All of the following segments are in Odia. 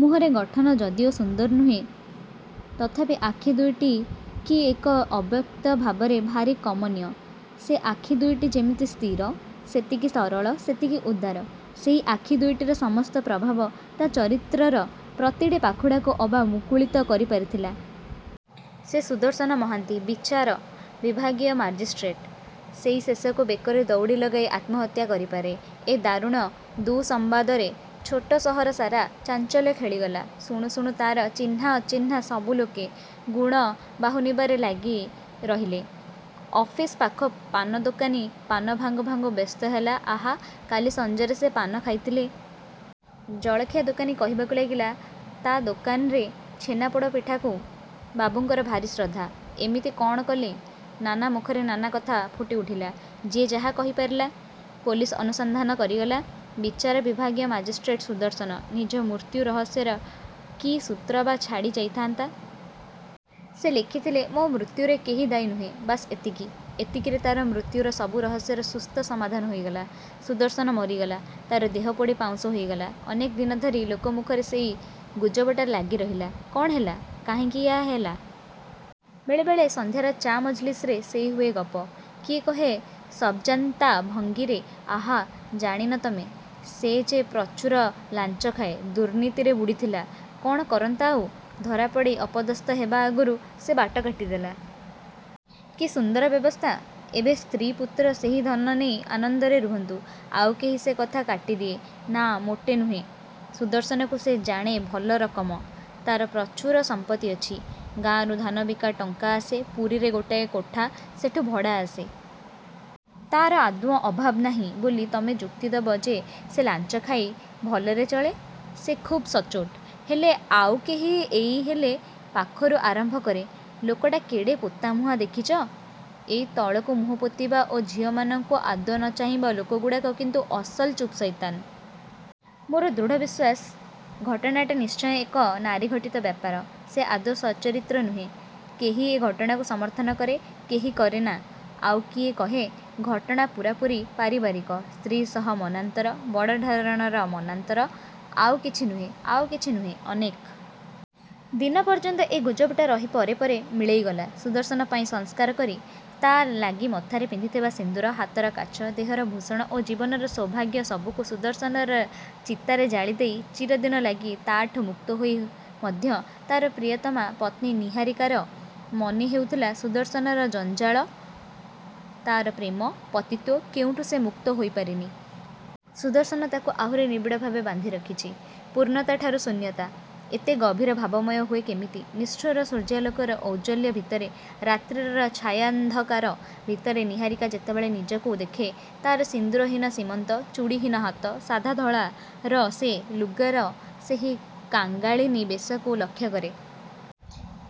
ମୁହଁରେ ଗଠନ ଯଦିଓ ସୁନ୍ଦର ନୁହେଁ, ତଥାପି ଆଖି ଦୁଇଟି କି ଏକ ଅବ୍ୟକ୍ତ ଭାବରେ ଭାରି କମନୀୟ! ସେ ଆଖି ଦୁଇଟି ଯେମିତି ସ୍ଥିର, ସେତିକି ସରଳ; ସେତିକି ଉଦାର। ସେଇ ଆଖି ଦୁଇଟିର ସମସ୍ତ ପ୍ରଭାବ ତା ଚରିତ୍ରର ପ୍ରତିଟି ପାଖୁଡ଼ାକୁ ଅବା ମୁକୁଳିତ କରିପାରିଥିଲା। ସେ ସୁଦର୍ଶନ ମହାନ୍ତି, ବିଚାର ବିଭାଗୀୟ ମାଜିଷ୍ଟ୍ରେଟ। ସେଇ ଶେଷକୁ ବେକରେ ଦଉଡ଼ି ଲଗାଇ ଆତ୍ମହତ୍ୟା କରିପାରେ! ଏ ଦାରୁଣ ଦୁଃସମ୍ବାଦରେ ଛୋଟ ସହର ସାରା ଚାଞ୍ଚଲ୍ୟ ଖେଳିଗଲା। ଶୁଣୁ ଶୁଣୁ ତାର ଚିହ୍ନାଅଚିହ୍ନା ସବୁ ଲୋକେ, ଗୁଣ ବାହୁନିବାରେ ଲାଗି ରହିଲେ। ଅଫିସ୍ ପାଖ ପାନଦୋକାନୀ ପାନ ଭାଙ୍ଗୁ ଭାଙ୍ଗୁ ବ୍ୟସ୍ତ ହେଲା "ଆହା, କାଲି ସଞ୍ଜରେ ସେ ପାନ ଖାଇଥିଲେ।" ଜଳଖିଆ ଦୋକାନୀ କହିବାକୁ ଲାଗିଲା, "ତା' ଦୋକାନରେ ଛେନା ପୋଡ଼ପିଠାକୁ ବାବୁଙ୍କର ଭାରି ଶ୍ରଦ୍ଧା। ଏମିତି କଣ କଲେ?" ନାନା ମୁଖରେ ନାନା କଥା ଫୁଟିଉଠିଲା। ଯିଏ ଯାହା କହିପାରିଲା, ପୋଲିସ୍ ଅନୁସନ୍ଧାନ କରିଗଲା, ବିଚାର ବିଭାଗୀୟ ମାଜିଷ୍ଟ୍ରେଟ ସୁଦର୍ଶନ, ନିଜ ମୃତ୍ୟୁ ରହସ୍ୟର କି ସୂତ୍ର ବା ଛାଡ଼ି ଯାଇଥାନ୍ତା? ସେ ଲେଖିଥିଲେ, "ମୋ' ମୃତ୍ୟୁରେ କେହି ଦାୟୀ ନୁହେଁ; ବାସ୍ ଏତିକି।"ଏତିକିରେ ତା'ର ମୃତ୍ୟୁର ସବୁ ରହସ୍ୟର ସୁସ୍ଥ ସମାଧାନ ହୋଇଗଲା। ସୁଦର୍ଶନ ମରିଗଲା। ତାର ଦେହ ପୋଡ଼ି ପାଉଁଶ ହୋଇଗଲା। ଅନେକ ଦିନ ଧରି ଲୋକମୁଖରେ ସେଇ ଗୁଜବଟା ଲାଗିରହିଲା। କ'ଣ ହେଲା? କାହିଁକି ୟା ହେଲା? ବେଳେ ବେଳେ ସଂଧ୍ୟାର ଚା ମଜଲିସ୍ରେ ସେଇ ହୁଏ ଗପ। କିଏ କହେ ସବ୍‌ଜାନ୍ତା ଭଙ୍ଗୀରେ, "ଆହା ଜାଣି ନା ତମେ, ସେ ଯେ ପ୍ରଚୁର ଲାଞ୍ଚ ଖାଏ, ଦୁର୍ନୀତିରେ ବୁଡ଼ିଥିଲା। କ'ଣ କରନ୍ତା ଆଉ? ଧରାପଡ଼ି ଅପଦସ୍ଥ ହେବା ଆଗରୁ ସେ ବାଟ କାଟିଦେଲା। କି ସୁନ୍ଦର ବ୍ୟବସ୍ଥା! ଏବେ ସ୍ତ୍ରୀ-ପୁତ୍ର ସେହି ଧନ ନେଇ ଆନନ୍ଦରେ ରୁହନ୍ତୁ।"ଆଉ କେହି ସେ କଥା କାଟିଦିଏ, "ନାଁ, ମୋଟେ ନୁହେଁ। ସୁଦର୍ଶନକୁ ସେ ଜାଣେ ଭଲ ରକମ। ତାର ପ୍ରଚୁର ସମ୍ପତ୍ତି ଅଛି। ଗାଁରୁ ଧାନ ବିକା ଟଙ୍କା ଆସେ। ପୁରୀରେ ଗୋଟାଏ କୋଠା; ସେଠୁ ଭଡ଼ା ଆସେ। ତାର ଆଦୌ ଅଭାବ ନାହିଁ ବୋଲି ତମେ ଯୁକ୍ତି ଦବ ଯେ ସେ ଲାଞ୍ଚ ଖାଇ ଭଲରେ ଚଳେ? ସେ ଖୁବ୍ ସଚ୍ଚୋଟ। ହେଲେ"ଆଉ କେହି ଏଇ 'ହେଲେ' ପାଖରୁ ଆରମ୍ଭ କରେ, "ଲୋକଟା କେଡ଼େ ପୋତାମୁହାଁ ଦେଖିଚ? ଏଇ ତଳକୁ ମୁହଁପୋତିବା ଓ ଝିଅମାନଙ୍କୁ ଆଦୌ ନ ଚାହିଁବା ଲୋକଗୁଡ଼ାକ କିନ୍ତୁ ଅସଲ ଚୁପ୍‌ସଇତାନ! ମୋର ଦୃଢ଼ ବିଶ୍ୱାସ, ଘଟଣାଟା ନିଶ୍ଚୟ ଏକ ନାରୀଘଟିତ ବ୍ୟାପାର। ସେ ଆଦୌ ସଚ୍ଚରିତ୍ର ନୁହେଁ।"କେହି ଏ ଘଟଣାକୁ ସମର୍ଥନ କରେ, କେହି କରେ ନାଁ, ଆଉ କିଏ କହେ, "ଘଟଣା ପୂରାପୂରି ପାରିବାରିକ। ସ୍ତ୍ରୀ ସହ ମନାନ୍ତର, ବଡ଼ ଧରଣର ମନାନ୍ତର। ଆଉ କିଛି ନୁହେଁ, ଆଉ କିଛି ନୁହେଁ।"ଅନେକ ଦିନ ପର୍ଯ୍ୟନ୍ତ ଏ ଗୁଜବଟା ରହି ପରେ ପରେ ମିଳେଇଗଲା। ସୁଦର୍ଶନ ପାଇଁ ସଂସ୍କାର କରି, ତା' ଲାଗି ମଥାରେ ପିନ୍ଧିଥିବା ସିନ୍ଦୂର, ହାତର କାଚ, ଦେହର ଭୂଷଣ ଓ ଜୀବନର ସୌଭାଗ୍ୟ ସବୁକୁ ସୁଦର୍ଶନର ଚିତାରେ ଜାଳିଦେଇ ଚିରଦିନ ଲାଗି ତା' ଠୁ ମୁକ୍ତ ହୋଇ ମଧ୍ୟ, ତାର ପ୍ରିୟତମା ପତ୍ନୀ ନିହାରିକାର ମନେହେଉଥିଲା, ସୁଦର୍ଶନର ଜଞ୍ଜାଳ, ତାର ପ୍ରେମ, ପତିତ୍ୱ କେଉଁଠୁ ସେ ମୁକ୍ତ ହୋଇପାରିନି। ସୁଦର୍ଶନ ତାକୁ ଆହୁରି ନିବିଡ଼ଭାବେ ବାନ୍ଧି ରଖିଚି। ପୂର୍ଣ୍ଣତା ଠାରୁ ଶୂନ୍ୟତା। ଏତେ ଗଭୀର ଭାବମୟ ହୁଏ କେମିତି? ନିଷ୍ଠୁର ସୂର୍ଯ୍ୟାଲୋକର ଔଜ୍ଜ୍ୱଲ୍ୟ ଭିତରେ, ରାତ୍ରିର ଛାୟାନ୍ଧକାର ଭିତରେ ନିହାରିକା ଯେତେବେଳେ ନିଜକୁ ଦେଖେ, ତାର ସିନ୍ଦୂରହୀନ ସୀମନ୍ତ, ଚୁଡ଼ିହୀନ ହାତ, ସାଧା ଧଳାର ସେ ଲୁଗାର ସେହି କାଙ୍ଗାଳିନୀ ବେଶକୁ ଲକ୍ଷ୍ୟକରେ।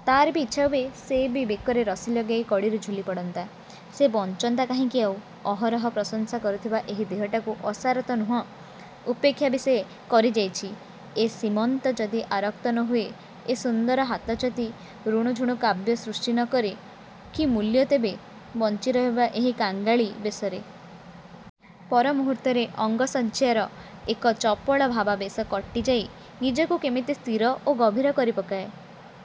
ତାର ବି ଇଚ୍ଛା ହୁଏ, ସେ ବି ବେକରେ ରଶି ଲଗାଇ କଡ଼ିରୁ ଝୁଲି ପଡ଼ନ୍ତା। ସେ ବଞ୍ଚନ୍ତା କାହିଁକି ଆଉ? ଅହରହ ପ୍ରଶଂସା କରୁଥିବା ଏହି ଦେହଟାକୁ ଅସାର ତ ନୁହଁ, ଉପେକ୍ଷା ବି ସେ କରିଯାଇଚି। ଏ ସୀମନ୍ତ ଯଦି ଆରକ୍ତ ନ ହୁଏ, ଏ ସୁନ୍ଦର ହାତ ଯଦି ରୁଣୁଝୁଣୁ କାବ୍ୟ ସୃଷ୍ଟି ନ କରେ, କି ମୂଲ୍ୟ ତେବେ ବଞ୍ଚିରହିବା ଏହି କାଙ୍ଗାଳି ବେଶରେ! ପରମୁହୂର୍ତ୍ତରେ ଅଙ୍ଗସଜ୍ଜାର ଏକ ଚପଳ ଭାବାବେଶ କଟିଯାଇ ନିଜକୁ କେମିତି ସ୍ଥିର ଓ ଗଭୀର କରିପକାଏ।